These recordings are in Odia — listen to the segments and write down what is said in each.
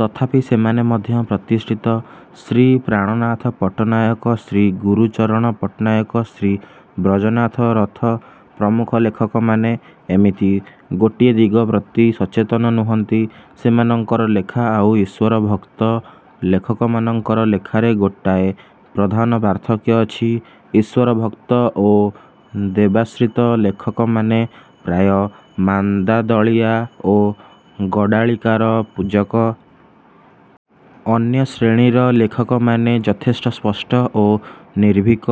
ତଥାପି ସେମାନେ ମଧ୍ୟ ପ୍ରତିଷ୍ଠିତ। ଶ୍ରୀ ପ୍ରାଣନାଥ ପଟ୍ଟନାୟକ, ଶ୍ରୀ ଗୁରୁଚରଣ ପଟ୍ଟନାୟକ, ଶ୍ରୀ ବ୍ରଜନାଥ ରଥ ପ୍ରମୁଖ ଲେଖକମାନେ ଏମିତି ଗୋଟିଏ ଦିଗ ପ୍ରତି ସଚେତନ ନୁହନ୍ତି। ସେମାନଙ୍କର ଲେଖା ଆଉ ଇଶ୍ୱର–ଭକ୍ତ ଲେଖକମାନଙ୍କର ଲେଖାରେ ଗୋଟାଏ ପ୍ରଧାନ ପାର୍ଥକ୍ୟ ଅଛି। ଈଶ୍ୱର ଭକ୍ତ ଓ ଦେବାଶ୍ରିତ ଲେଖକମାନେ ପ୍ରାୟ ମାନ୍ଦାଦଳିଆ ଓ ଗଡ଼୍ଡାଳିକାର ପୂଜକ-। ଅନ୍ୟ ଶ୍ରେଣୀର ଲେଖକମାନେ ଯଥେଷ୍ଟ ସ୍ପଷ୍ଟ ଓ ନିର୍ଭୀକ।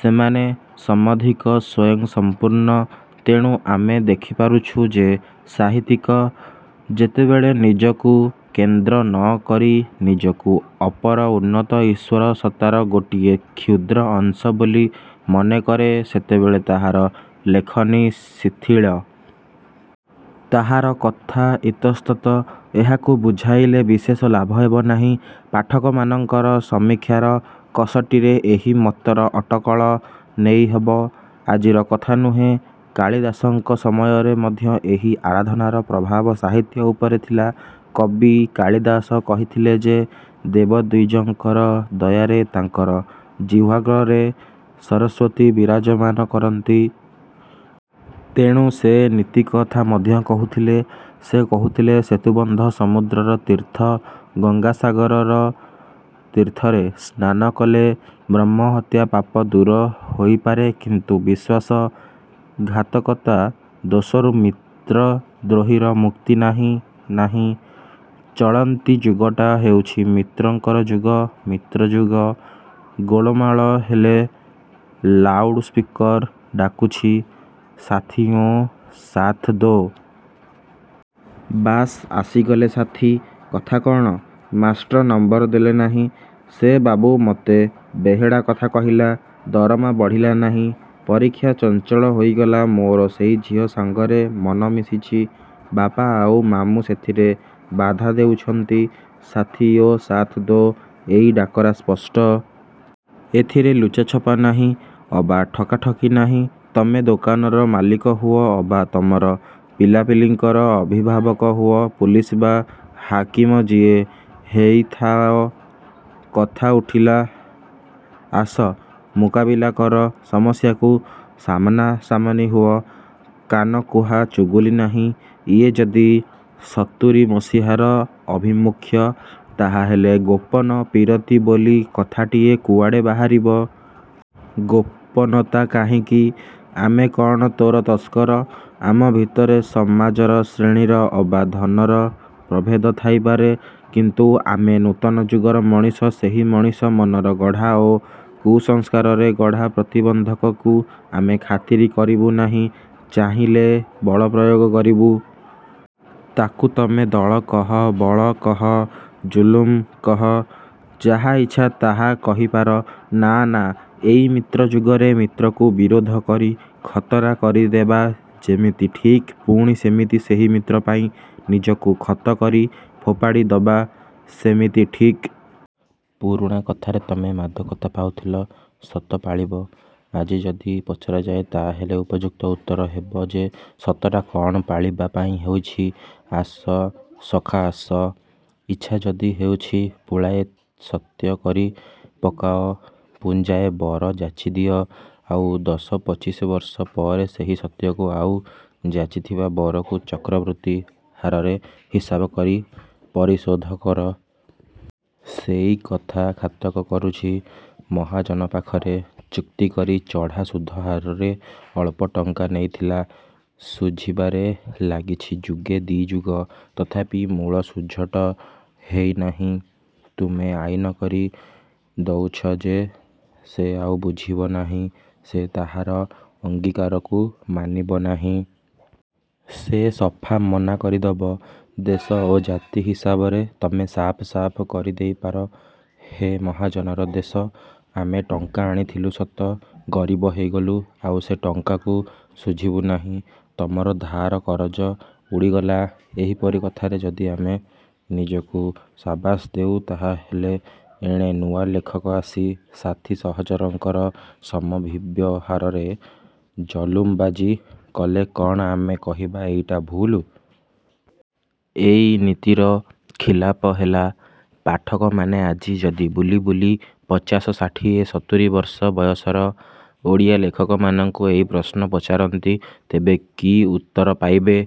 ସେମାନେ ସମଧିକ ସ୍ୱୟଂସମ୍ପୂର୍ଣ୍ଣ-। ତେଣୁ ଆମେ ଦେଖିପାରୁଛୁ ଯେ ସାହିତ୍ୟିକ ଯେତେବେଳେ ନିଜକୁ କେନ୍ଦ୍ର ନ କରି ନିଜକୁ ଅପର ଉନ୍ନତ ଈଶ୍ୱର ସତ୍ତାର ଗୋଟିଏ କ୍ଷୁଦ୍ର ଅଂଶ ବୋଲି ମନେ କରେ ସେତେବେଳେ ତାହାର ଲେଖନୀ ଶିଥିଳ। ତାହାର କଥା ଇତସ୍ତତ। ଏହାକୁ ବୁଝାଇଲେ ବିଶେଷ ଲାଭ ହେବ ନାହିଁ। ପାଠକମାନଙ୍କର ସମୀକ୍ଷାର କଷଟିରେ ଏହି ମତର ଅଟକଳ ନେଇ ହବ। ଆଜିର କଥା ନୁହେଁ। କାଳିଦାସଙ୍କ ସମୟରେ ମଧ୍ୟ ଏହି ଆରାଧନାର ପ୍ରଭାବ ସାହିତ୍ୟ ଉପରେ ଥିଲା। କବି କାଳିଦାସ କହିଥିଲେ ଯେ ଦେବଦ୍ୱିଜଙ୍କର ଦୟାରେ ତାଙ୍କର ଜିହ୍ୱାଗ୍ରରେ ସରସ୍ୱତୀ ବିରାଜମାନ କରନ୍ତି। ତେଣୁ ସେ ନୀତିକଥା ମଧ୍ୟ କହୁଥିଲେ। ସେ କହୁଥିଲେ ସେତୁବନ୍ଧ ସମୁଦ୍ରର ତୀର୍ଥ, ଗଙ୍ଗାସାଗର ତୀର୍ଥରେ ସ୍ନାନ କଲେ ବ୍ରହ୍ମହତ୍ୟା ପାପ ଦୂର ହୋଇପାରେ କିନ୍ତୁ ବିଶ୍ୱାସ–ଘାତକତା ଦୋଷରୁ ମିତ୍ର ଦ୍ରୋହୀର ମୁକ୍ତି ନାହିଁ–ନାହିଁ। ଚଳନ୍ତି ଯୁଗଟା ହେଉଛି ମିତ୍ରଙ୍କର ଯୁଗ–ମିତ୍ରଯୁଗ। ଗୋଳମାଳ ହେଲେ ଲାଉଡ଼ ସ୍ପିକର୍ ଡାକୁଛି–ସାଥିଓଁ ସାଥ୍ ଦୋ। ବାସ୍ ଆସିଗଲେ ସାଥୀ। କଥା କ'ଣ? ମାଷ୍ଟ୍ର ନମ୍ବର ଦେଲେ ନାହିଁ–ସେ ବାବୁ ମତେ ବେହେଡ଼ା କଥା କହିଲା–ଦରମା ବଢ଼ିଲା ନାହିଁ–ପରୀକ୍ଷା ଚଞ୍ଚଳ ହୋଇଗଲା ମୋର ସେଇ ଝିଅ ସାଙ୍ଗରେ ମନ ମିଶିଛି। ବାପା ଆଉ ମାମୁଁ ସେଥିରେ ବାଧା ହଉଛନ୍ତି–ସାଥିଓ ସାଥ୍ ଦୋ। ଏଇ ଡାକରା ସ୍ପଷ୍ଟ। ଏଥିରେ ଲୁଚାଛପା ନାହିଁ। ଅବା ଠକାଠକି ନାହିଁ। ତମେ ଦୋକାନର ମାଲିକ ହୁଅ ଅବା ତମର ପିଲାପିଲିଙ୍କର ଅଭିଭାବକ ହୁଅ, ପୁଲିସ ବା ହାକିମ ଯିଏ ହେଇଥାଅ–କଥା ଉଠିଲା। ଆସ ମୁକାବିଲା କର। ସମସ୍ୟାକୁ ସାମନାସାମନି ହୁଅ। କାନକୁହା ଚୁଗୁଲି ନାହିଁ। ଇଏ ଯଦି ସତୁରୀ ମସିହାର ଆଭିମୁଖ୍ୟ, ତାହାହେଲେ ଗୋପନ ପୀରତି ବୋଲି କଥାଟିଏ କୁଆଡ଼େ ବାହାରିବ? ଗୋପନତା କାହିଁକି? ଆମେ କ'ଣ ଚୋର ତସ୍କର? ଆମ ଭିତରେ ସମାଜର ଶ୍ରେଣୀର ଅବା ଧନର ପ୍ରଭେଦ ଥାଇପାରେ। କିନ୍ତୁ ଆମେ ନୂତନ ଯୁଗର ମଣିଷ ସେହି ମଣିଷ ମନର ଗଢ଼ା ଓ କୁସଂସ୍କାରରେ ଗଢ଼ା ପ୍ରତିବନ୍ଧକକୁ ଆମେ ଖାତିରି କରିବୁ ନାହିଁ। ଚାହିଁଲେ ବଳପ୍ରୟୋଗ କରିବୁ। ତା'କୁ ତମେ ଦଳ କହ–ବଳ କହ–ଜୁଲୁମ କହ। ଯାହା ଇଚ୍ଛା ତାହା କହିପାର। ନା–ନା। ଏଇ ମିତ୍ର ଯୁଗରେ ମିତ୍ରକୁ ବିରୋଧ କରି ଖତରା କରିଦେବା ଯେମିତି ଠିକ୍ ପୁଣି ସେମିତି ସେହି ମିତ୍ର ପାଇଁ ନିଜକୁ ଖତ କରି ଫୋପାଡ଼ି ଦବା ସେମିତି ଠିକ୍। ପୁରୁଣା କଥାରେ ତମେ ମାଦକତା ପାଉଥିଲ–ସତ ପାଳିବ। ଆଜି ଯଦି ପଚରାଯାଏ ତାହାହେଲେ ଉପଯୁକ୍ତ ଉତ୍ତର ହେବ ଯେ ସତଟା କ'ଣ ପାଳିବା ପାଇଁ ହୋଇଛି? ଆସ ସଖା ଆସ। ଇଚ୍ଛା ଯଦି ହେଉଛି ପୁଳାଏ ସତ୍ୟ କରି ପକାଅ। ପୁଞ୍ଜାଏ ବର ଯାଚିଦିଅ। ଆଉ ଦଶ ପଚିଶବର୍ଷ ପରେ ସେହି ସତ୍ୟକୁ ଆଉ ଯାଚିଥିବା ବରକୁ ଚକ୍ରବୃଦ୍ଧି ହାରରେ ହିସାବ କରି ପରିଶୋଧ କର। ସେଇକଥା ଖାତକ କରୁଛି। ମହାଜନ ପାଖରେ ଚୁକ୍ତିକରି ଚଢ଼ା ସୁଧ ହାରରେ ଅଳ୍ପ ଟଙ୍କା ନେଇଥିଲା। ଶୁଝିବାରେ ଲାଗିଛି ଯୁଗେ, ଦି'ଯୁଗ–ତଥାପି ମୂଳ ଶୁଝଟ ହେଇ ନାହିଁ। ତମେ ଆଇନ କରି ଦଉଛ ଯେ ସେ ଆଉ ଶୁଝିବ ନାହିଁ। ସେ ତାହାର ଅଙ୍ଗୀକାରକୁ ମାନିବ ନାହିଁ। ସେ ସଫା ମନା କରିଦବ। ଦେଶ ଓ ଜାତି ହିସାବରେ ତମେ ସାଫ୍ ସାଫ୍ କହିଦେଇପାର–ହେ, ମହାଜନର ଦେଶ-। ଆମେ ଟଙ୍କା ଆଣିଥିଲୁ ସତ। ଗରିବ ହେଇଗଲୁ। ଆଉ ସେ ଟଙ୍କାକୁ ଶୁଝିବୁ ନାହିଁ-। ତମର ଧାର କରଜ ଉଡ଼ିଗଲା। ଏହିପରି କଥାରେ ଯଦି ଆମେ ନିଜକୁ ସାବାସ ଦେଉ ତାହାହେଲେ ଏଣେ ନୂଆ ଲେଖକ ଆସି ସାଥୀ ସହଚରଙ୍କର ସମଭିବ୍ୟହାରରେ ଜଲୁମବାଜି କଲେ କ'ଣ ଆମେ କହିବା–ଏଇଟା ଭୁଲ? ଏଇ ନୀତିର ଖିଲାପ ହେଲା? ପାଠକମାନେ ଆଜି ଯଦି ବୁଲି ବୁଲି ପଚାଶ ଷାଠିଏ ସତୁରୀବର୍ଷ ବୟସର ଓଡ଼ିଆ ଲେଖକମାନଙ୍କୁ ଏଇ ପ୍ରଶ୍ନ ପଚାରନ୍ତି ତେବେ କି ଉତ୍ତର ପାଇବେ?